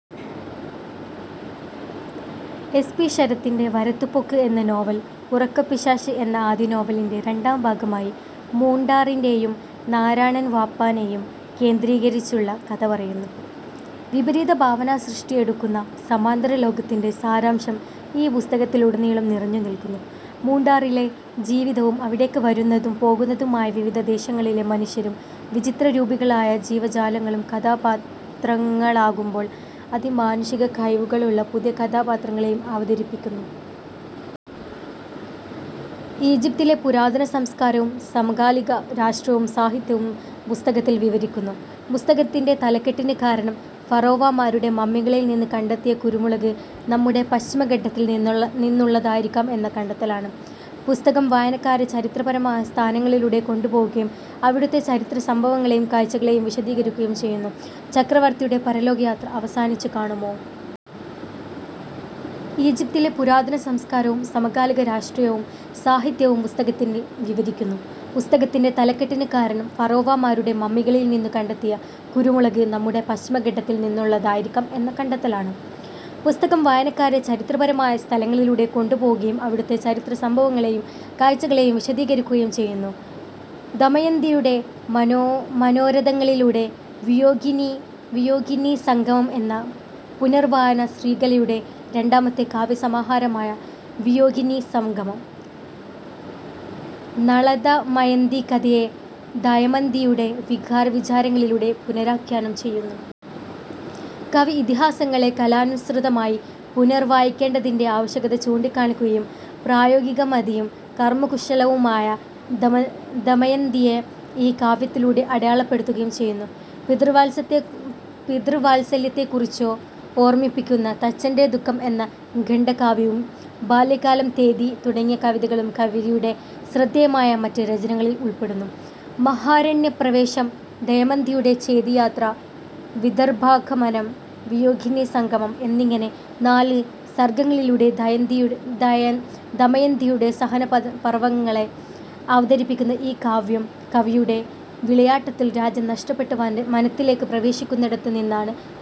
S. P. ശരത്തിന്റെ 'വരത്തുപോക്ക്' എന്ന നോവൽ, 'ഉറക്കപ്പിശാച്' എന്ന ആദ്യ നോവലിന്റെ രണ്ടാം ഭാഗമായി, മുണ്ടാറിന്റെയും നാരായണൻ വാപ്പാനെയും കേന്ദ്രീകരിച്ചുള്ള കഥ പറയുന്നു. വിപരീത ഭാവന സൃഷ്ടിയെടുക്കുന്ന സമാന്തര ലോകത്തിന്റെ സാരാംശം ഈ പുസ്തകത്തിലുടനീളം നിറഞ്ഞുനിൽക്കുന്നു. മുണ്ടാറിലെ ജീവിതവും അവിടേക്ക് വരുന്നതും പോകുന്നതുമായ വിവിധ ദേശങ്ങളിലെ മനുഷ്യരും, വിചിത്ര രൂപികളായ ജീവജാലങ്ങളും കഥാപാത്രങ്ങളാകുമ്പോൾ, അതിമാനുഷിക കഴിവുകളുള്ള പുതിയ കഥാപാത്രങ്ങളെയും അവതരിപ്പിക്കുന്നു. ഈജിപ്തിലെ പുരാതന സംസ്കാരവും സമകാലിക രാഷ്ട്രീയവും സാഹിത്യവും പുസ്തകത്തിൽ വിവരിക്കുന്നു. പുസ്തകത്തിന്റെ തലക്കെട്ടിന് കാരണം, ഫറോവമാരുടെ മമ്മികളിൽ നിന്ന് കണ്ടെത്തിയ കുരുമുളക്, നമ്മുടെ പശ്ചിമഘട്ടത്തിൽ നിന്നുള്ളതായിരിക്കാം എന്ന കണ്ടെത്തലാണ്. പുസ്തകം വായനക്കാരെ ചരിത്രപരമായ സ്ഥലങ്ങളിലൂടെ കൊണ്ടുപോകുകയും അവിടുത്തെ ചരിത്ര സംഭവങ്ങളെയും കാഴ്ചകളെയും വിശദീകരിക്കുകയും ചെയ്യുന്നു. ചക്രവർത്തിയുടെ പരലോകയാത്ര അവസാനിച്ചു കാണുമോ? ഈജിപ്തിലെ പുരാതന സംസ്കാരവും സമകാലിക രാഷ്ട്രീയവും സാഹിത്യവും പുസ്തകത്തിൽ വിവരിക്കുന്നു. പുസ്തകത്തിന്റെ തലക്കെട്ടിന് കാരണം, ഫറോവമാരുടെ മമ്മികളിൽ നിന്ന് കണ്ടെത്തിയ കുരുമുളക്, നമ്മുടെ പശ്ചിമഘട്ടത്തിൽ നിന്നുള്ളതായിരിക്കാം എന്ന കണ്ടെത്തലാണ്. പുസ്തകം വായനക്കാരെ ചരിത്രപരമായ സ്ഥലങ്ങളിലൂടെ കൊണ്ടുപോകുകയും അവിടുത്തെ ചരിത്ര സംഭവങ്ങളെയും കാഴ്ചകളെയും വിശദീകരിക്കുകയും ചെയ്യുന്നു. ദമയന്തിയുടെ മനോരഥങ്ങളിലൂടെ; വിയോഗിനീസംഗമം എന്ന പുനർവായന ശ്രീകലയുടെ രണ്ടാമത്തെ കാവ്യസമാഹാരമായ വിയോഗിനീസംഗമം, നളദമയന്തി കഥയെ ദയമന്തിയുടെ വികാരവിചാരങ്ങളിലൂടെ പുനരാഖ്യാനം ചെയ്യുന്നു. കവി, ഇതിഹാസങ്ങളെ കാലാനുസൃതമായി പുനർവായിക്കേണ്ടതിൻ്റെ ആവശ്യകത ചൂണ്ടിക്കാണിക്കുകയും, പ്രായോഗികമതിയും കർമ്മകുശലയുമായ ദമയന്തിയെ ഈ കാവ്യത്തിലൂടെ അടയാളപ്പെടുത്തുകയും ചെയ്യുന്നു. പിതൃവാത്സല്യത്തെക്കുറിച്ചോർമ്മിപ്പിക്കുന്ന 'തച്ചന്റെ ദുഃഖം' എന്ന ഖണ്ഡകാവ്യവും, 'ബാല്യകാലം', 'തേതി' തുടങ്ങിയ കവിതകളും കവിയുടെ ശ്രദ്ദേയമായ മറ്റ് രചനകളിൽ ഉൾപ്പെടുന്നു. മഹാരണ്യപ്രവേശം, ദയമന്തിയുടെ ചേദിയാത്ര, വിദർഭാഗമനം, വിയോഗിനീസംഗമം എന്നിങ്ങനെ നാല് സർഗ്ഗങ്ങളിലൂടെ ദമയന്തിയുടെ സഹനപർവ്വങ്ങളെ അവതരിപ്പിക്കുന്ന ഈ കാവ്യം, കവിയുടെ വിളയാട്ടത്തിൽ രാജ്യം നഷ്ടപ്പെട്ട് വനത്തിലേക്ക് പ്രവേശിക്കുന്നിടത്തുനിന്നാണ്.